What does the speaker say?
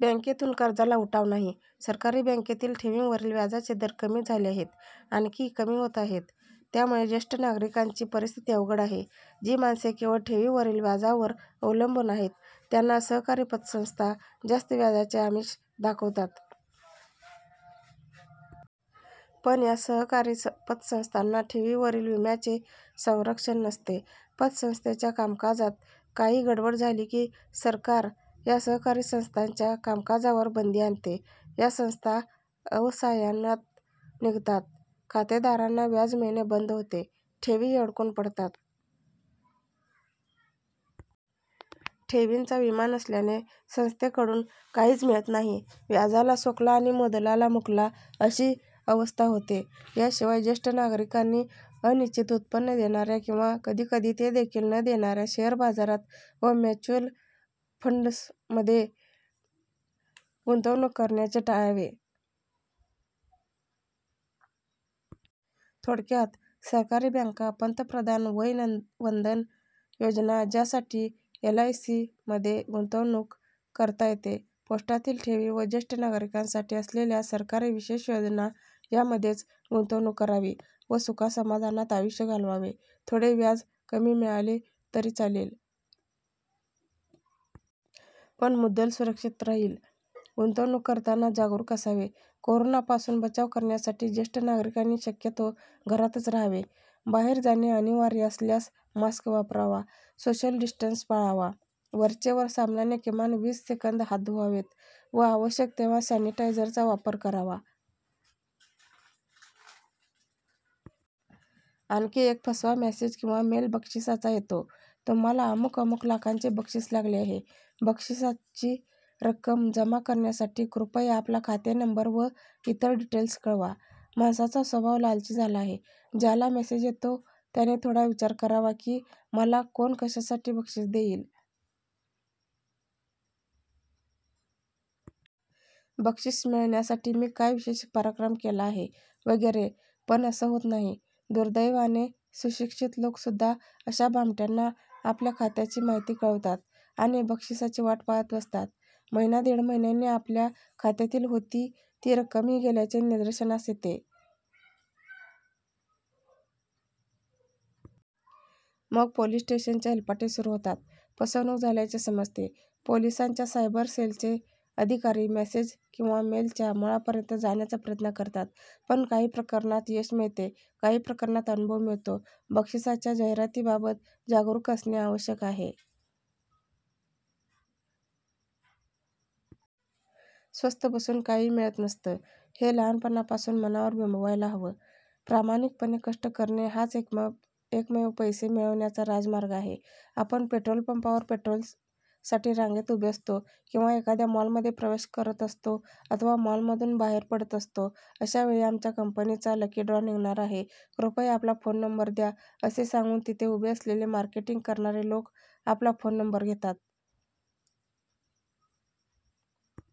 बँकेतून कर्जाला उठाव नाही. सरकारी बँकेतील ठेवींवरील व्याजाचे दर कमी झाले आहेत. आणखी कमी होत आहेत. त्यामुळे ज्येष्ठ नागरिकांची परिस्थिती अवघड आहे. जी माणसे केवळ ठेवींवरील व्याजावर अवलंबून आहेत, त्यांना सहकारी पतसंस्था जास्त व्याजाचे आमिष दाखवतात. पण या सहकारी पतसंस्थांना ठेवींवरील विम्याचे संरक्षण नसते. पतसंस्थेच्या कामकाजात काही गडबड झाली की सरकार या सहकारी संस्थांच्या कामकाजावर बंदी आणते. या संस्था अवसायनात निघतात. खातेदारांना व्याज मिळणे बंद होते. ठेवीही अडकून पडतात. ठेवींचा विमा नसल्याने संस्थेकडून काहीच मिळत नाही. व्याजाला सोकला आणि मुदलाला मुकला, अशी अवस्था होते. याशिवाय ज्येष्ठ नागरिकांनी अनिश्चित उत्पन्न देणाऱ्या किंवा कधीकधी ते देखील न देणाऱ्या शेअर बाजारात व म्युच्युअल फंड्समध्ये गुंतवणूक करण्याचे टाळावे. थोडक्यात सरकारी बँका, पंतप्रधान वय वंदन योजना, ज्यासाठी एलआयसीमध्ये गुंतवणूक करता येते, पोस्टातील ठेवी व ज्येष्ठ नागरिकांसाठी असलेल्या सरकारी विशेष योजना यामध्येच गुंतवणूक करावी व सुखासमाधानात आयुष्य घालवावे. थोडे व्याज कमी मिळाले तरी चालेल. पण मुद्दल सुरक्षित राहील. गुंतवणूक करताना जागरूक असावे. कोरोनापासून बचाव करण्यासाठी ज्येष्ठ नागरिकांनी शक्यतो घरातच राहावे. बाहेर जाणे अनिवार्य असल्यास मास्क वापरावा, सोशल डिस्टन्स पाळावा, वरचेवर साबणाने किमान वीस सेकंद हात धुवावेत व आवश्यक तेव्हा सॅनिटायझरचा वापर करावा. आणखी एक फसवा मेसेज किंवा मेल बक्षिसाचा येतो. तुम्हाला अमुक अमुक लाखांचे बक्षीस लागले आहे. बक्षिसाची रक्कम जमा करण्यासाठी कृपया आपला खाते नंबर व इतर डिटेल्स कळवा. माणसाचा स्वभाव लालची झाला आहे. ज्याला मेसेज येतो त्याने थोडा विचार करावा की, मला कोण कशासाठी बक्षीस देईल? बक्षीस मिळण्यासाठी मी काय विशेष पराक्रम केला आहे? वगैरे. पण असं होत नाही. दुर्दैवाने सुशिक्षित लोकसुद्धा अशा भामट्यांना आपल्या खात्याची माहिती कळवतात आणि बक्षिसाची वाट पाहत बसतात. महिना दीड महिन्यांनी आपल्या खात्यातील होती ती रक्कमही गेल्याचे निदर्शनास येते. मग पोलिस स्टेशनचे हेलपाटे सुरू होतात. फसवणूक झाल्याचे समजते. पोलिसांच्या सायबर सेलचे अधिकारी मेसेज किंवा मेलच्या मुळापर्यंत जाण्याचा प्रयत्न करतात. काही प्रकरणात यश मिळते. काही प्रकरणात अनुभव मिळतो. बक्षिसाच्या जाहिरातीबाबत जागरूक असणे आवश्यक आहे. स्वस्थ बसून काहीही मिळत नसतं, हे लहानपणापासून मनावर बिंबवायला हवं. प्रामाणिकपणे कष्ट करणे हाच एकमेव पैसे मिळवण्याचा राजमार्ग आहे. आपण पेट्रोल पंपावर पेट्रोलसाठी रांगेत उभे असतो किंवा एखाद्या मॉलमध्ये प्रवेश करत असतो अथवा मॉलमधून बाहेर पडत असतो, अशावेळी आमच्या कंपनीचा लकी ड्रॉ निघणार आहे, कृपया आपला फोन नंबर द्या, असे सांगून तिथे उभे असलेले मार्केटिंग करणारे लोक आपला फोन नंबर घेतात.